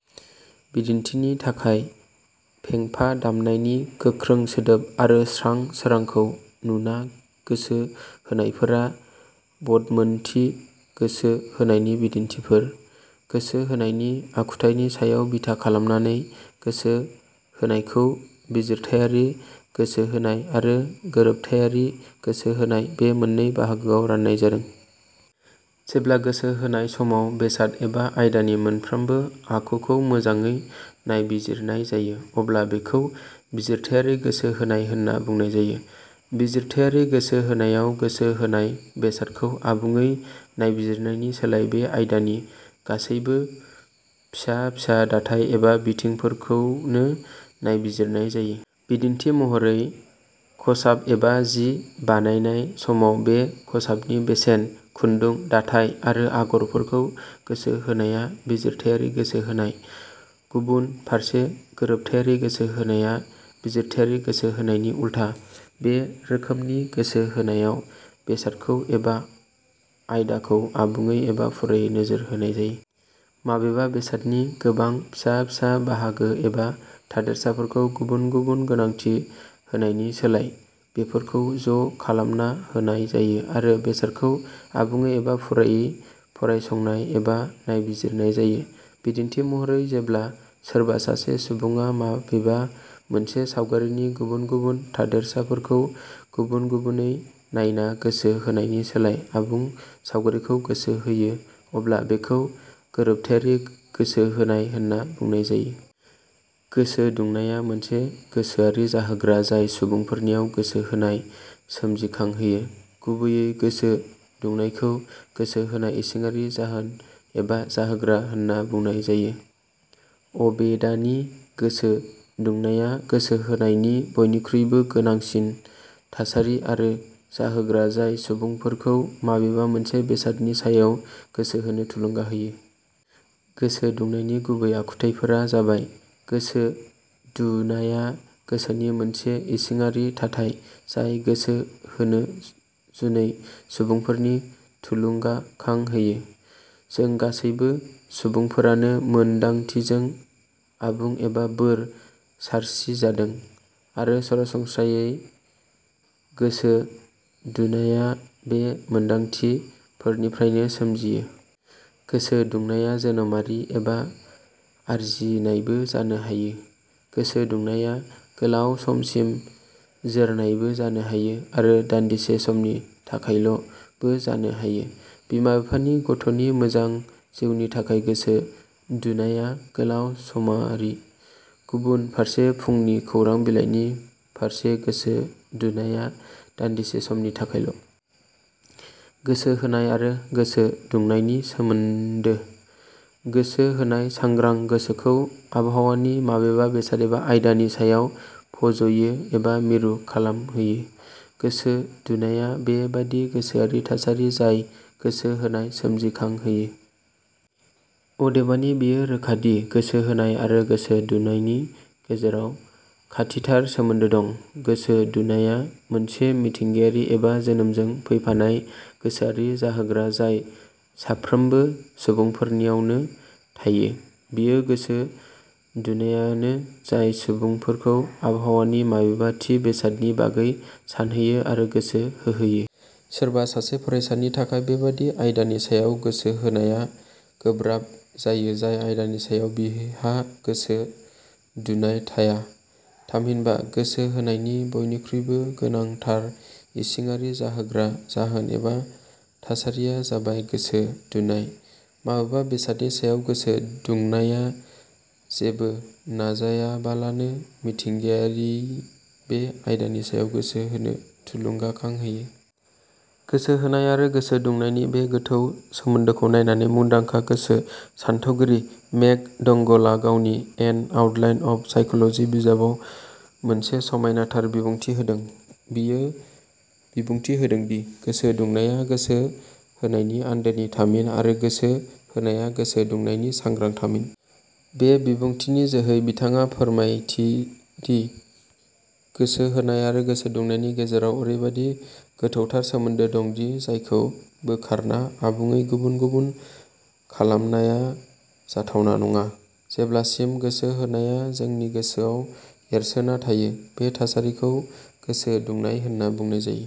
बिदिन्थिनि थाखाय, फेंफा दामनायनि गोख्रों सोदोब आरो स्रां सोरांखौ नुना गोसो होनायफोरा बदमोनथि गोसो होनायनि बिदिन्थिफोर।: गोसो होनायनि आखुथाइनि सायाव बिथा खालामनानै गोसो होनायखौ बिजिरथाइयारि गोसोहोनाय आरो गोरोबथाइयारि गोसो होनाय बे मोननै बाहागोआव राननाय जादों। जेब्ला गोसो होनाय समाव बेसाद एबा आयदानि मोनफ्रोमबो आखुखौ मोजांयै नायबिजिरनाय जायो अब्ला बेखौ बिजिरथाइयारि गोसो होनाय होनना बुंनाय जायो। बिजिरथाइयारि गोसो होनायाव, गोसो होनाय बेसादखौ आबुंयै नायबिजिरनायनि सोलाय बे बेसादनि गासैबो फिसा फिसा दाथाइ एबा बिथिंफोरखौनो नायबिजिरनाय जायो। बिदिन्थि महरै, खसाब एबा जि बायनाय समाव बे खसाबनि बेसेन, खुन्दु, दाथाइ आरो आगरफोरखौ गोसो होनाया बिजिरथाइयारि गोसो होनाय। गुबुन फारसे गोरोबथाइयारि गोसो होनाया बिजिरथाइयारि गोसो होनायनि उल्था। बे रोखोमनि गोसो होनायाव बेसादखौ एबा आयदाखौ आबुंयै एबा फुरायै नोजोर होनाय जायो। माबेबा बेसादनि गोबां फिसा फिसा बाहागो एबा थादेरसाफोरखौ गुबुन गुबुन गोनांथि होनायनि सोलाय, बेफोरखौ ज' खालामना होनाय जायो आरो बेसादखौ आबुंयै एबा फुरायै फरायसंनाय एबा नायबिजिरनाय जायो। बिदिन्थि महरै जेब्ला सोरबा सासे सुबुंआ माबेबा मोनसे सावगारिनि गुबुन गुबुन थादेरसाफोरखौ गुबुन गुबुनै नायना गोसो होनायनि सोलाय आबुं सावगारिखौ गोसो होयो अब्ला बेखौनो गोरोबथाइयारि गोसो होनाय होनना बुंनाय जायो।: गोसो दुंनाया मोनसे गोसोआरि जाहोग्रा जाय सुबुंफोरनियाव गोसो होनाय सोमजिखां होयो। गुबैयै गोसो दुंनायखौ गोसो होनायनि इसिंआरि जाहोन एबा जाहोग्रा होनना बुंनाय जायो। अबेदानि गोसो दुनाया गोसो होनायनि बयनिखुइबो गोनांसिन थासारि आरो जाहोग्रा जाय सुबुंफोरखौ माबेबा मोनसे बेसादनि सायाव गोसो होनो थुलुंगा होयो। गोसो दुंनायनि गुबै आखुथाइफोरा जाबाय:. गोसो दुनाया गोसोनि मोनसे इसिङारि थाथाइ, जाय गोसो होनो जुनै सुबुंफोरखौ थुलुंगाखां होयो।. जों गासैबो सुबुंफोरानो मोन दांथिजों आबुं एबा बोर सारस्रि जादों, आरो सरासनम्रायै गोसो दुनाया बे मोनदांथि फोरनिफ्रायनो सोमजियो।. गोसो दुंनाया जोनोमआरि एबा आरजिनायबो जानो हायो।. गोसो दुंनाया गोलाउ समसिम जोरनायबो जानो हायो आरो दान्दिसे समनि थाखायल 'बो जानो हायो। बिमा-बिफानि गथ'नि मोजां जिउनि थाखाय गोसो दुनाया गोलाउ समारि। गुबुन फारसे फुंनि खौरां-बिलाइनि फारसे गोसो दुनाया दान्दिसे समनि थाखाय ल'।: गोसो होनाय आरो गोसो दुंनायनि सोमोन्दो: गोसो होनाया सांग्रां गोसोखौ आबहावानि माबेबा बेसाद एबा आयदानि सायाव फज'यो एबा मिरु खालामहोयो। गोसो दुनाया बे बादि गोसोआरि थासारि जाय गोसो होनाय सोमजिखां होयो। अदेबानि बेयो रोखा दि गोसो होनाय आरो गोसो दुंनायनि गेजेराव खाथिथार सोमोन्दो दं। गोसो दुनाया मोनसे मिथिंगायारि एबा जोनोमजों फैफानाय गोसोआरि जाहोग्रा जाय साफ्रोमबो सुबुंफोरनियावनो थायो। बेयो गोसो दुनायानो जाय सुबुंफोरखौ आबहावानि माबेबा थि बेसादनि बागै सानहोयो आरो गोसो होहोयो। सोरबा सासे फरायसानि थाखाय बेबादि आयदानि सायाव गोसो होनाया गोब्राब जायो जाय आयदानि सायाव बिहा गोसो दुनाय थाया। थामहिनबा गोसो होनायनि बयनिखुइबो गोनांथार इसिङारि जाहोग्रा जाहोन एबा थासारिया जाबाय गोसो दुनाय। माबेबा बेसादनि सायाव गोसो दुंनाया जेबो नाजायाबालानो मिथिंगायारियै बे बेसादनि सायाव गोसो होनो थुलुंगाखां होयो। गोसो होनाय आरो गोसो दुंनायनि बे गोथौ सोमोन्दोखौ नायनानै मुंदांखा गोसो सान्थौगिरि मेक. डोंगल आ गावनि "एन आउटलाइन अफ साइकोलजि" बिजाबाव मोनसे समायनाथार बिबुंथि होदों। बियो बिबुंथि होदों दि, "गोसो दुंनाया गोसो होनायनि आन्दोनि थामिन आरो गोसो होनाया गोसो दुंनायनि सांग्रां थामिन"। बे बिबुंथिनि जोहै बिथांआ फोरमायथि दि गोसो होनाय आरो गोसो दुंनायनि गेजेराव औरैबादि गोथौथार सोमोन्दो दं दि जायखौ बोखारना आबुंयै गुबुन गुबुन खालामनाया जाथावना नङा। जेब्ला सिम गोसो होनाया जोंनि गोसोआव एरसोना थायो, बे थासारिखौनो गोसो दुंनाय होनना बुंनाय जायो।